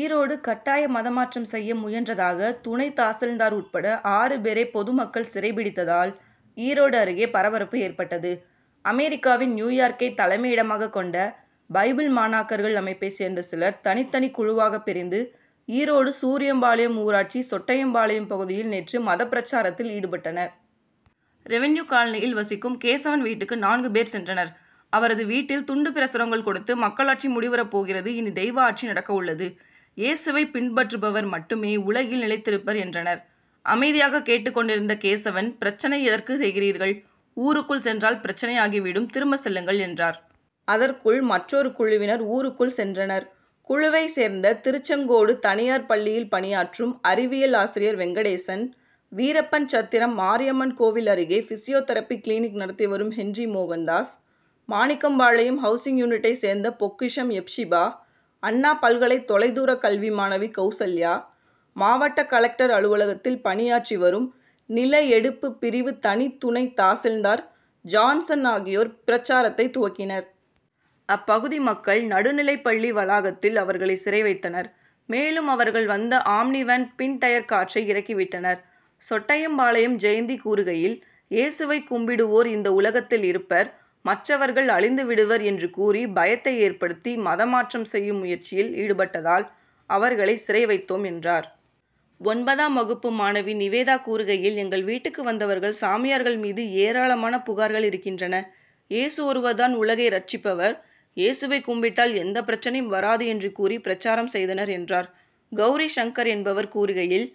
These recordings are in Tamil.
ஈரோடு கட்டாய மதமாற்றம் செய்ய முயன்றதாக துணை தாசில்தார் உட்பட ஆறு பேரை பொதுமக்கள் சிறை பிடித்ததால் ஈரோடு அருகே பரபரப்பு ஏற்பட்டது. அமெரிக்காவின் நியூயார்க்கை தலைமையிடமாகக் கொண்ட பைபிள் மாணாக்கர்கள் அமைப்பைச் சேர்ந்த சிலர் தனித்தனி குழுவாகப் பிரிந்து ஈரோடு சூரியம்பாளையம் ஊராட்சி சொட்டையம் பாளையம் பகுதியில் நேற்று மதப் பிரசாரத்தில் ஈடுபட்டனர். ரெவின்யூ காலனியில் வசிக்கும் கேசவன் வீட்டுக்கு நான்கு பேர் சென்றனர். அவரது வீட்டில் துண்டு பிரசுரங்கள் கொடுத்து மக்களாட்சி முடிவுறப் போகிறது இனி தெய்வ ஆட்சி நடக்க உள்ளது. ஏசுவை பின்பற்றுபவர் மட்டுமே உலகில் நிலைத்திருப்பர் என்றனர். அமைதியாக கேட்டுக் கொண்டிருந்த கேசவன் பிரச்னை எதற்கு செய்கிறீர்கள் ஊருக்குள் சென்றால் பிரச்னையாகி விடும் திரும்பச் செல்லுங்கள் என்றார். அதற்குள் மற்றொரு குழுவினர் ஊருக்குள் சென்றனர். குழுவைச் சேர்ந்த திருச்செங்கோடு தனியார் பள்ளியில் பணியாற்றும் அறிவியல் ஆசிரியர் வெங்கடேசன் வீரப்பன்சத்திரம் மாரியம்மன் கோவில் அருகே பிசியோதெரபி கிளினிக் நடத்தி வரும் ஹென்றி மோகன்தாஸ் மாணிக்கம்பாளையம் ஹவுசிங் யூனிட்டைச் சேர்ந்த பொக்கிஷம் யெப்சிபா அண்ணா பல்கலை தொலைதூரக் கல்வி மாணவி கவுசல்யா மாவட்ட கலெக்டர் அலுவலகத்தில் பணியாற்றி வரும் நிலஎடுப்புப் பிரிவு தனி துணை தாசில்தார் ஜான்சன் ஆகியோர் பிரசாரத்தை துவக்கினர். அப்பகுதி மக்கள் நடுநிலைப்பள்ளி வளாகத்தில் அவர்களை சிறை வைத்தனர். மேலும் அவர்கள் வந்த ஆம்னி வேன் பின் டயர் காற்றை இறக்கிவிட்டனர். சொட்டையம் பாளையம் ஜெயந்தி கூறுகையில் ஏசுவை கும்பிடுவோர் இந்த உலகத்தில் இருப்பர் மற்றவர்கள் அழிந்து விடுவர் என்று கூறி பயத்தை ஏற்படுத்தி மதமாற்றம் செய்யும் முயற்சியில் ஈடுபட்டதால் அவர்களை சிறை வைத்தோம் என்றார். ஒன்பதாம் வகுப்பு மாணவி நிவேதா கூறுகையில் எங்கள் வீட்டுக்கு வந்தவர்கள் சாமியார்கள் மீது ஏராளமான புகார்கள் இருக்கின்றன. ஏசு ஒருவர் தான் உலகை ரட்சிப்பவர் ஏசுவை கும்பிட்டால் எந்த பிரச்னையும் வராது என்று கூறி பிரசாரம் செய்தனர் என்றார். கவுரி சங்கர் என்பவர் கூறுகையில்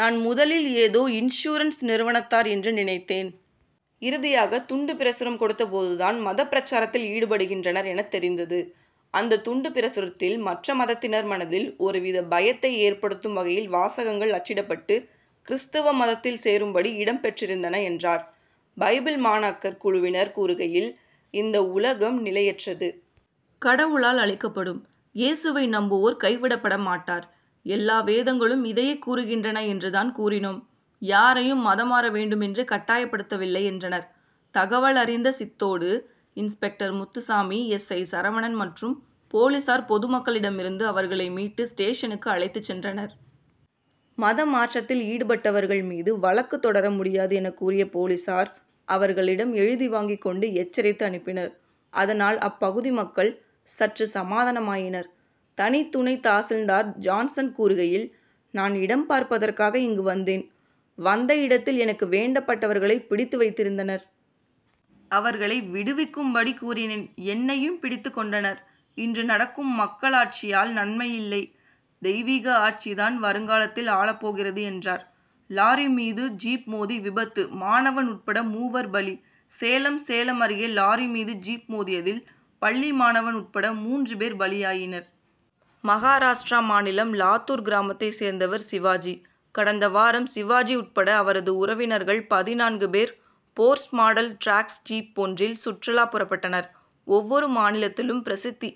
நான் முதலில் ஏதோ இன்சூரன்ஸ் நிறுவனத்தார் என்று நினைத்தேன். இறுதியாக துண்டு பிரசுரம் கொடுத்த போது தான் மதப் பிரசாரத்தில் ஈடுபடுகின்றனர் எனத் தெரிந்தது. அந்த துண்டு பிரசுரத்தில் மற்ற மதத்தினர் மனதில் ஒருவித பயத்தை ஏற்படுத்தும் வகையில் வாசகங்கள் அச்சிடப்பட்டு கிறிஸ்துவ மதத்தில் சேரும் படி இடம் பெற்றிருந்தன என்றார். பைபிள் மாணாக்கர் குழுவினர் கூறுகையில் இந்த உலகம் நிலையற்றது. கடவுளால் அழிக்கப்படும். ஏசுவை நம்புவோர் கைவிடப்படமாட்டார். எல்லா வேதங்களும் இதையே கூறுகின்றன என்று தான் கூறினோம். யாரையும் மதம் மாற வேண்டும் என்று கட்டாயப் படுத்தவில்லை என்றனர். தகவலறிந்த Chithode inspector Muthusamy S. I. Saravanan மற்றும் போலீசார் பொதுமக்களிடம் இருந்து அவர்களை மீட்டு ஸ்டேஷனுக்கு அழைத்துச் சென்றனர். மதமாற்றத்தில் ஈடுபட்டவர்கள் மீது வழக்கு தொடர முடியாது எனக் கூறிய போலீசார் அவர்களிடம் எழுதி வாங்கிக் கொண்டு எச்சரித்து அனுப்பினர். அதனால் அப்பகுதி மக்கள் சற்று சமாதானமாயினர். தனி துணை தாசில்தார் ஜான்சன் கூறுகையில் நான் இடம் பார்ப்பதற்காக இங்கு வந்தேன். வந்த இடத்தில் எனக்கு வேண்டப்பட்டவர்களை பிடித்து வைத்திருந்தனர். அவர்களை விடுவிக்கும்படி கூறினேன். என்னையும் பிடித்துக் கொண்ட னர். இன்று நடக்கும் மக்களாட்சியால் நன்மையில்லை தெய்வீக ஆட்சி தான் வருங்காலத்தில் ஆளப்போகிறது என்றார். லாரி மீது ஜீப் மோதி விபத்து மாணவன் உட்பட மூவர் பலி சேலம் சேலம் அருகே. லாரி மீது ஜீப் மோதியதில் பள்ளி மாணவன் உட்பட மூன்று பேர் பலியாயினர். மகாராஷ்டிரா மாநிலம் லாத்தூர் கிராமத்தை சேர்ந்தவர் சிவாஜி. கடந்த வாரம் சிவாஜி உட்பட அவரது உறவினர்கள் பதினான்கு பேர் போர்ஸ் மாடல் டிராக்ஸ் ஜீப் ஒன்றில் சுற்றுலா புறப்பட்டனர். ஒவ்வொரு மாநிலத்திலும் பிரசித்தி